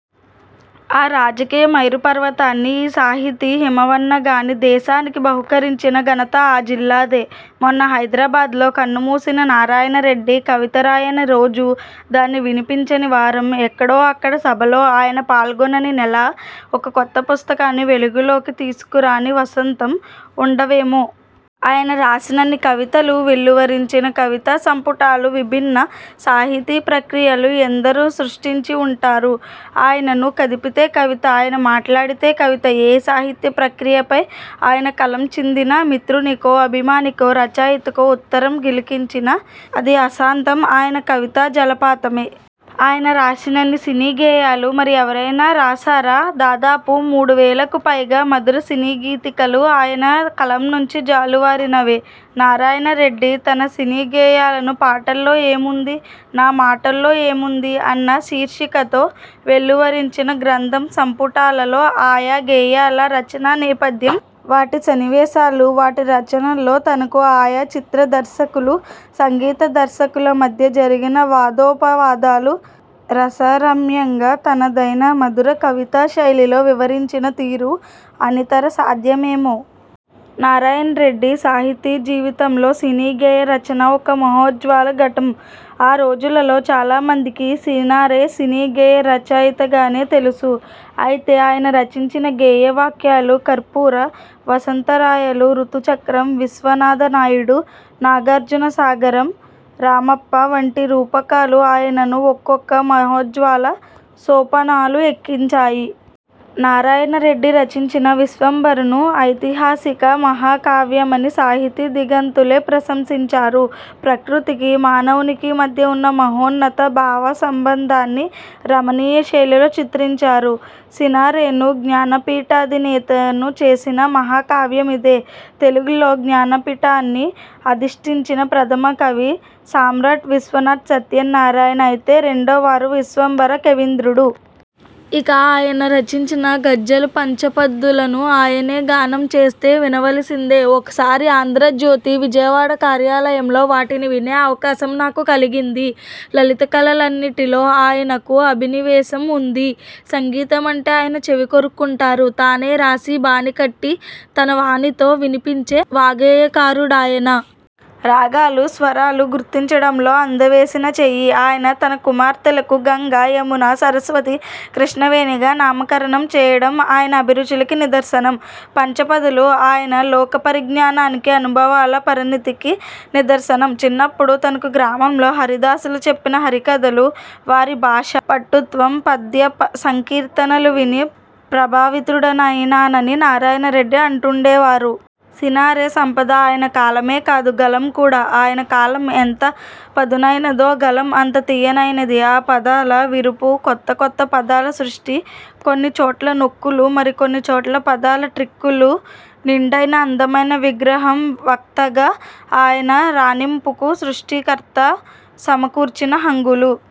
ఆ రాజకీయ మేరు పర్వతాన్ని, ఈ సాహితీ హిమవన్నగాన్ని దేశానికి బహూకరించిన ఘనత ఆ జిల్లాదే. మొన్న హైదరాబాద్లో కన్నుమూసిన నారాయణరెడ్డి కవిత రాయని రోజు, దాన్ని వినిపించని వారం, ఎక్కడో అక్కడ సభలో ఆయన పాల్గొనని నెల, ఒక కొత్త పుస్తకాన్ని వెలుగులోకి తీసుకురాని వసంతం వుండవేమో! ఆయన రాసినన్ని కవితలు, వెలువరించిన కవితా సంపుటాలు, విభిన్న సాహితీ ప్రక్రియలు ఎందరు సృష్టించి వుంటారు? ఆయనను కదిపితే కవిత! ఆయన మాట్లాడితే కవిత! ఏ సాహిత్య ప్రక్రియపై ఆయన కలం చిందినా, మిత్రునికో, అభిమానికో, రచయితకో ఉత్తరం గిలికించినా – అది ఆసాంతం ఆయన కవితా జలపాతమే! ఆయన రాసినన్ని సినీ గేయాలు మరి ఎవరైనా రాశారా? దాదాపు మూడు వేలకు పైగా మధుర సినీగీతికలు ఆయన కలం నుంచి జాలువారినవే! నారాయణరెడ్డి తన సినీ గేయాలను 'పాటలో ఏముంది? నా మాటలో ఏముంది? ' అన్న శీర్షికతో వెలువరించిన గ్రంథ సంపుటాలలో ఆయా గేయాల రచనా నేపథ్యం, వాటి సన్నివేశాలు, వాటి రచనలో తనకు, ఆయా చిత్ర దర్శకులు, సంగీత దర్శకుల మధ్య జరిగిన వాదోపవాదాలు రసరమ్యంగా, తనదైన మధుర కవితా శైలిలో వివరించిన తీరు అనితర సాధ్యమేమో! నారాయణ రెడ్డి సాహితీ జీవితంలో సినీ గేయ రచన ఒక మహోజ్వల ఘట్టం. ఆ రోజులలో చాలా మందికి సినారె సినీ గేయ రచయితగానే తెలుసు. అయితే, ఆయన రచించిన గేయ వాక్యాలు 'కర్పూర వసంతరాయలు', 'రుతు చక్రం', 'విశ్వనాథ నాయుడు', 'నాగార్జున సాగరం', 'రామప్ప' వంటి రూపకాలు ఆయనను ఒక్కొక్క మహోజ్వల సోపానాలు ఎక్కించాయి. నారాయణ రెడ్డి రచించిన 'విశ్వంభర'ను ఐతిహాసిక మహా కావ్యమని సాహితీ దిగంతులే ప్రశంసించారు. ప్రకృతికి, మానవునికి మధ్య వున్న మహోన్నత భావ సంబంధాన్ని రమణీయ శైలిలో చిత్రించారు. సినారెను జ్ఞానపీఠాధినేతను చేసిన మహాకావ్యమిదే. తెలుగులో జ్ఞానపీఠాన్నిగం అధిష్ఠించిన ప్రథమ 'కవి' సమ్రాట్ విశ్వనాథ సత్యనారాయణ అయితే, రెండవ వారు 'విశ్వంభర' కవీంద్రుడు. ఇక, ఆయన రచించిన గజ్జలు, పంచపద్దులను ఆయనే గానం చేస్తే, వినవలసిందే. ఒకసారి 'ఆంధ్రజ్యోతి' విజయవాడ కార్యాలయంలో వాటిని వినే అవకాశం నాకు కలిగింది! లలిత కళలన్నింటిలో ఆయనకు అభినివేశం వుంది. సంగీతమంటే ఆయన చెవి కోసుకుంటారు. తానే రాసి, బాణీకట్టి, తన వాణితో వినిపించే వాగ్గేయకారుడాయన. రాగాలు, స్వరాలు గుర్తించడంలో అందెవేసిన చెయ్యి. ఆయన తన కుమార్తెలకు గంగ, యమున, సరస్వతి, కృష్ణవేణిగా నామకరణం చేయడం ఆయన అభిరుచికి నిదర్శనం. 'పంచ పదులు' ఆయన లోకపరిజ్ఞానానికి, అనుభవాల పరిణతికి నిదర్శనం. చిన్నప్పుడు తనకు గ్రామంలో హరిదాసులు చెప్పిన హరికథలు, వారి భాషా పటుత్వం, పద్యసంకీర్తనలు విని ప్రభావితుడనైనానని నారాయణ రెడ్డి అంటుండేవారు. సినారె సంపద ఆయన కాలమే కాదు, గళం కూడా. ఆయన కాలం ఎంత పదునైనదో గళం అంత తీయనైనది. ఆ పదాల విరుపు, కొత్త కొత్త పదాల సృష్టి, కొన్ని చోట్ల నొక్కులు, మరికొన్ని చోట్ల పదాల ట్రిక్కులు, నిండైన, అందమైన విగ్రహం వక్తగా ఆయన రాణింపుకు సృష్టికర్త సమకూర్చిన హంగులు!